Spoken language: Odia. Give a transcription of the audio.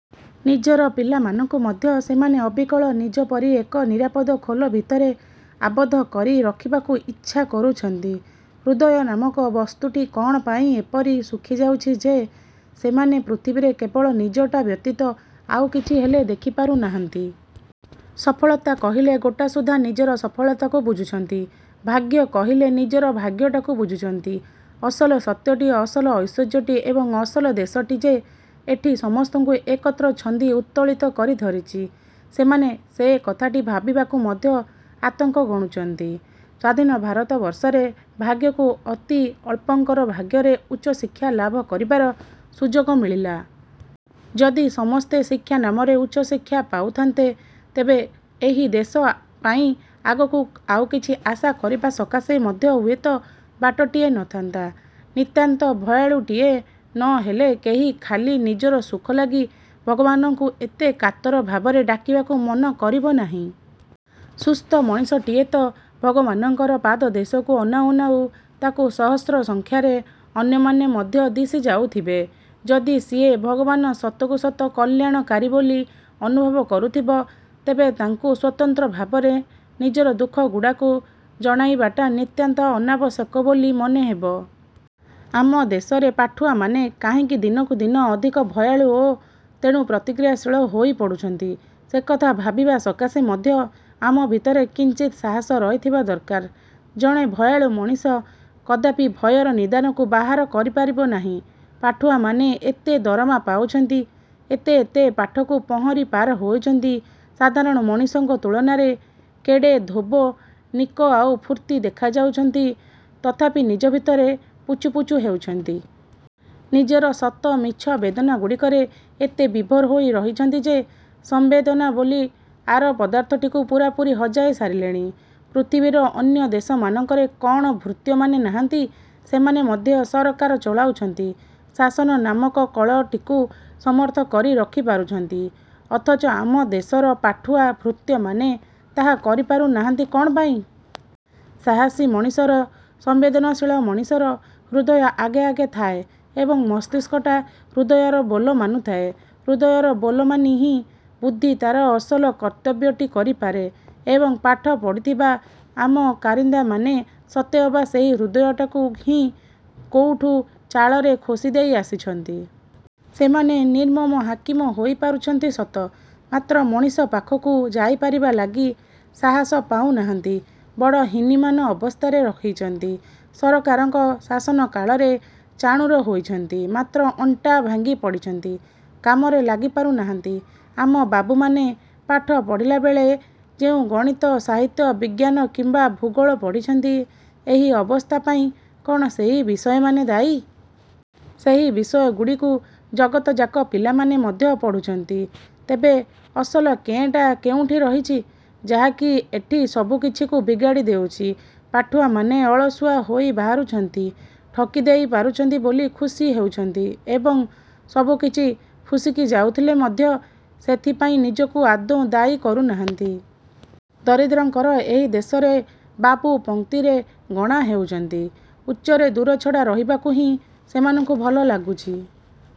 ନିଜର ପିଲାମାନଙ୍କୁ ମଧ୍ୟ ସେମାନେ ଅବିକଳ ନିଜ ପରି ଏକ ନିରାପଦ ଖୋଲ ଭିତରେ ଆବଦ୍ଧ କରି ରଖିବାକୁ ଇଚ୍ଛା କରୁଛନ୍ତି। ହୃଦୟ ନାମକ ବସ୍ତୁଟି କଣ ପାଇଁ ଏପରି ଶୁଖିଯାଉଛି ଯେ, ସେମାନେ ପୃଥିବୀରେ କେବଳ ନିଜଟା ବ୍ୟତୀତ ଆଉ କିଛି ହେଲେ ଦେଖିପାରୁ ନାହାନ୍ତି। ସଫଳତା କହିଲେ ଗୋଟାସୁଦ୍ଧା ନିଜର ସଫଳତାକୁ ବୁଝୁଛନ୍ତି। ଭାଗ୍ୟ କହିଲେ ନିଜର ଭାଗ୍ୟଟାକୁ ବୁଝୁଛନ୍ତି। ଅସଲ ସତ୍ୟଟି, ଅସଲ ଐଶ୍ୱର୍ଯ୍ୟଟି ଏବଂ ଅସଲ ଦେଶଟି ଯେ ଏଠି ସମସ୍ତଙ୍କୁ ଏକତ୍ର ଛନ୍ଦି ଉତ୍ତୋଳିତ କରି ଧରିଛି, ସେମାନେ ସେକଥାଟି ଭାବିବାକୁ ମଧ୍ୟ ଆତଙ୍କ ଗଣୁଛନ୍ତି। ସ୍ୱାଧୀନ ଭାରତବର୍ଷରେ ଭାଗ୍ୟକୁ ଅତି ଅଳ୍ପଙ୍କର ଭାଗ୍ୟରେ ଉଚ୍ଚ ଶିକ୍ଷା ଲାଭ କରିବାର ସୁଯୋଗ ମିଳିଲା। ଯଦି ସମସ୍ତେ ଶିକ୍ଷାନାମରେ ଉଚ୍ଚ ଶିକ୍ଷା ପାଉଥାନ୍ତେ, ତେବେ ଏହି ଦେଶ ପାଇଁ ଆଗକୁ ଆଉ କିଛି ଆଶା କରିବା ସକାଶେ ମଧ୍ୟ ହୁଏତ ବାଟଟିଏ ନଥାନ୍ତା। ନିତାନ୍ତ ଭୟାଳୁଟିଏ ନହେଲେ କେହି ଖାଲି ନିଜର ସୁଖ ଲାଗି ଭଗବାନଙ୍କୁ ଏତେ କାତର ଭାବରେ ଡାକିବାକୁ ମନ କରିବ ନାହିଁ। ସୁସ୍ଥ ମଣିଷଟିଏ ତ ଭଗବାନଙ୍କର ପାଦଦେଶକୁ ଅନାଉ ଅନାଉ ତାକୁ ସହସ୍ର ସଂଖ୍ୟାରେ ଅନ୍ୟମାନେ ମଧ୍ୟ ଦିଶି ଯାଉଥବେ। ଯଦି ସିଏ ଭଗବାନ ସତକୁ ସତ କଲ୍ୟାଣକାରୀ ବୋଲି ଅନୁଭବ କରୁଥିବ, ତେବେ ତାଙ୍କୁ ସ୍ୱତନ୍ତ୍ର ଭାବରେ ନିଜର ଦୁଃଖଗୁଡ଼ାକୁ ଜଣାଇବାଟା ନିତାନ୍ତ ଅନାବଶ୍ୟକ ବୋଲି ମନେହେବ । ଆମ ଦେଶରେ ପାଠୁଆମାନେ କାହିଁକି ଦିନକୁ ଦିନ ଅଧିକ ଭୟାଳୁ ଓ ତେଣୁ ପ୍ରତିକ୍ରିୟାଶୀଳ ହୋଇ ପଡ଼ୁଛନ୍ତି, ସେକଥା ଭାବିବା ସକାଶେ ମଧ୍ୟ ଆମ ଭିତରେ କିଞ୍ଚିତ୍ ସାହସ ରହିଥିବା ଦରକାର। ଜଣେ ଭୟାଳୁ ମଣିଷ କଦାପି ଭୟର ନିଦାନକୁ ବାହାର କରିପାରିବ ନାହିଁ। ପାଠୁଆମାନେ ଏତେ ଦରମା ପାଉଛନ୍ତି, ଏତେ ଏତେ ପାଠକୁ ପହଁରି ପାର ହୋଇଛନ୍ତି, ସାଧାରଣ ମଣିଷଙ୍କ ତୁଳନାରେ କେଡ଼େ ଧୋବ, ନିକ ଆଉ ଫୁର୍ତ୍ତି ଦେଖାଯାଉଛନ୍ତି, ତଥାପି ନିଜ ଭିତରେ ପୁଚୁପୁଚୁ ହେଉଛନ୍ତି। ନିଜର ସତ ମିଛ ବେଦନାଗୁଡ଼ିକରେ ଏତେ ବିଭୋର ହୋଇ ରହିଛନ୍ତି ଯେ ସମ୍ବେଦନା ବୋଲି ଆର ପଦାର୍ଥଟିକୁ ପୂରାପୂରି ହଜାଇ ସାରିଲେଣି। ପୃଥିବୀର ଅନ୍ୟ ଦେଶମାନଙ୍କରେ କଣ ଭୃତ୍ୟମାନେ ନାହାନ୍ତି? ସେମାନେ ମଧ୍ୟ ସରକାର ଚଳାଉଛନ୍ତି, ଶାସନ ନାମକ କଳଟିକୁ ସମର୍ଥ କରି ରଖିପାରୁଛନ୍ତି। ଅଥଚ ଆମ ଦେଶର ପାଠୁଆ ଭୃତ୍ୟମାନେ ତାହା କରିପାରୁ ନାହାନ୍ତି କଣ ପାଇଁ? ସାହସୀ ମଣିଷର, ସମ୍ବେଦନଶୀଳ ମଣିଷର ହୃଦୟ ଆଗେ ଆଗେ ଥାଏ ଏବଂ ମସ୍ତିଷ୍କଟା ହୃଦୟର ବୋଲ ମାନୁଥାଏ। ହୃଦୟର ବୋଲ ମାନି ହିଁ ବୁଦ୍ଧି ତାର ଅସଲ କର୍ତ୍ତବ୍ୟଟି କରିପାରେ। ଏବଂ ପାଠ ପଢ଼ିଥିବା ଆମ କାରିନ୍ଦାମାନେ ସତେଅବା ସେହି ହୃଦୟଟାକୁ ହିଁ କୋଉଠି ଚାଳରେ ଖୋଷିଦେଇ ଆସିଛନ୍ତି। ସେମାନେ ନିର୍ମମ ହାକିମ ହୋଇପାରୁଛନ୍ତି ସତ ମାତ୍ର ମଣିଷ ପାଖକୁ ଯାଇପାରିବା ଲାଗି ସାହସ ପାଉନାହାନ୍ତି। ବଡ଼ ହୀନିମାନ ଅବସ୍ଥାରେ ରଖିଛନ୍ତି। ସରକାରଙ୍କ ଶାସନଶାଳରେ ଚାଣୁର ହୋଇଛନ୍ତି, ମାତ୍ର ଅଣ୍ଟା ଭାଙ୍ଗି ପଡ଼ିଛନ୍ତି, କାମରେ ଲାଗିପାରୁ ନାହାନ୍ତି। ଆମ ବାବୁମାନେ ପାଠ ପଢ଼ିଲାବେଳେ ଯେଉଁ ଗଣିତ, ସାହିତ୍ୟ, ବିଜ୍ଞାନ କିମ୍ବା ଭୂଗୋଳ ପଢ଼ିଛନ୍ତି, ଏହି ଅବସ୍ଥା ପାଇଁ କଣ ସେହି ବିଷୟମାନେ ଦାୟୀ? ସେହି ବିଷୟଗୁଡ଼ିକୁ ଜଗତଯାକ ପିଲାମାନେ ମଧ୍ୟ ପଢୁଛନ୍ତି। ତେବେ ଅସଲ କେଁ ଟା କେଉଁଠି ରହିଛି, ଯାହାକି ଏଠି ସବୁକିଛିକୁ ବିଗାଡ଼ି ଦେଉଛି? ପାଠୁଆମାନେ ଅଳସୁଆ ହୋଇ ବାହାରୁଛନ୍ତି, ଠକିଦେଇ ପାରୁଛନ୍ତି ବୋଲି ଖୁସି ହେଉଛନ୍ତି ଏବଂ ସବୁକିଛି ଫୁସକି ଯାଉଥିଲେ ମଧ୍ୟ ସେଥିପାଇଁ ନିଜକୁ ଆଦୌ ଦାୟୀ କରୁନାହାନ୍ତି। ଦରିଦ୍ରଙ୍କର ଏହି ଦେଶରେ ବାବୁ ପଂକ୍ତିରେ ଗଣା ହେଉଛନ୍ତି, ଉଚ୍ଚରେ ଦୂରଛଡ଼ା ରହିବାକୁ ହିଁ ସେମାନଙ୍କୁ ଭଲ ଲାଗୁଛି।